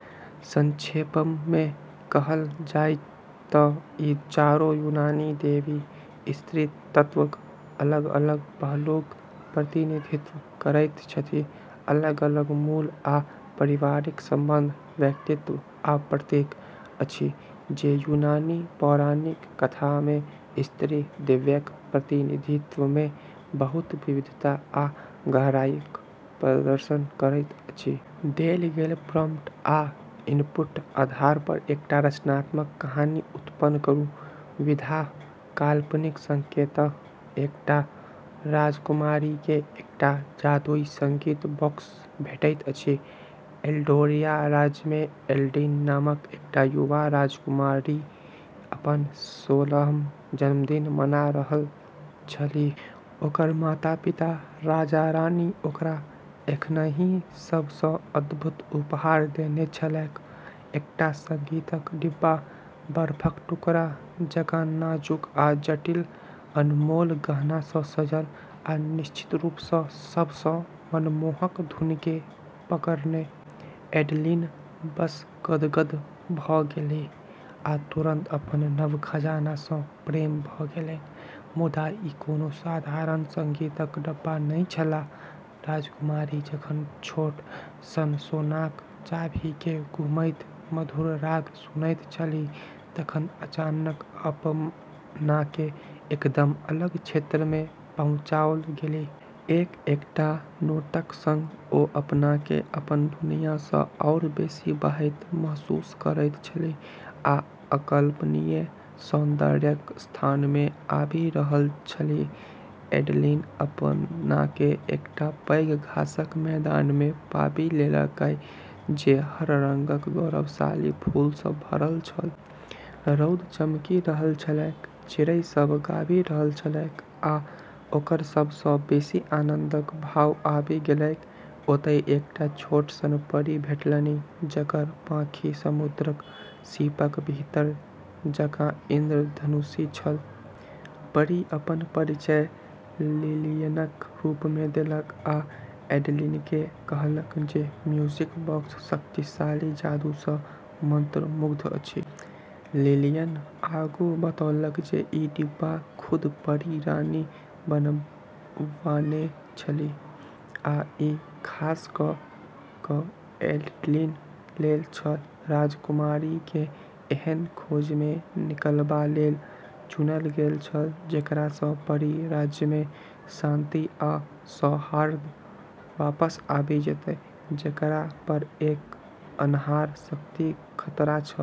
संक्षेपमे कहल जाय तँ ई चारो यूनानी देवी स्त्रीत्वक अलग-अलग पहलूक प्रतिनिधित्व करैत छथि, अलग-अलग मूल आ पारिवारिक संबंध, व्यक्तित्व आ प्रतीक अछि, जे यूनानी पौराणिक कथामे स्त्री दिव्यक प्रतिनिधित्वमे बहुत विविधता आ गहराईक प्रदर्शन करैत अछि। देल गेल प्रॉम्प्ट आ इनपुटक आधार पर एकटा रचनात्मक कहानी उत्पन्न करू। विधा: काल्पनिक संकेत: एकटा राजकुमारीकेँ एकटा जादुई संगीत बॉक्स भेटैत अछि। एल्डोरिया राज्यमे एडलिन नामक एकटा युवा राजकुमारी अपन सोलहम जन्मदिन मना रहल छलीह। ओकर माता-पिता राजा-रानी ओकरा एखनहि सभ सँ अद्भुत उपहार देने छलैक: एकटा संगीतक डिब्बा, बर्फक टुकड़ा जकाँ नाजुक आ जटिल, अनमोल गहना सँ सजल, आ निश्चित रूप सँ, सभ सँ मनमोहक धुनकेँ पकड़ने। एडलिन बस गदगद भ’ गेलीह आ तुरंत अपन नव खजाना सँ प्रेम भ’ गेलैन। मुदा ई कोनो साधारण संगीतक डिब्बा नहि छल। राजकुमारी जखन छोट सन सोनाक चाभीकेँ घुमैत मधुर राग सुनैत छलीह तखन अचानक अपनाकेँ एकदम अलग क्षेत्रमे पहुँचाओल गेलीह। एक-एकटा नोटक संग ओ अपनाकेँ अपन दुनिया सँ आओर बेसी बहैत महसूस करैत छलीह आ अकल्पनीय सौन्दर्यक स्थानमे आबि रहल छलीह। एडलिन अपनाकेँ एकटा पैघ घासक मैदानमे पाबि लेलकै, जे हर रंगक गौरवशाली फूल सँ भरल छल। रौद चमकि रहल छलैक, चिड़ै सभ गाबि रहल छलैक, आ ओकरा सभ सँ बेसी आनन्दक भाव आबि गेलैक। ओतय एकटा छोट सन परी भेटलनि जकर पाँखि समुद्रक सीपक भीतर जकाँ इंद्रधनुषी छल। परी अपन परिचय लिलियनक रूपमे देलक आ एडलिनकेँ कहलक जे म्यूजिक बॉक्स शक्तिशाली जादू सँ मंत्रमुग्ध अछि। लिलियन आगू बतौलक जे ई डिब्बा खुद परी रानी बनवाने छलीह आ ई खास क’ क’ एडलिन लेल छल। राजकुमारीकेँ एहन खोजमे निकलबा लेल चुनल गेल छल जेकरा सँ परी राज्यमे शांति आ सौहार्द वापस आबि जेतै, जेकरा पर एक अन्हार शक्तिक खतरा छल।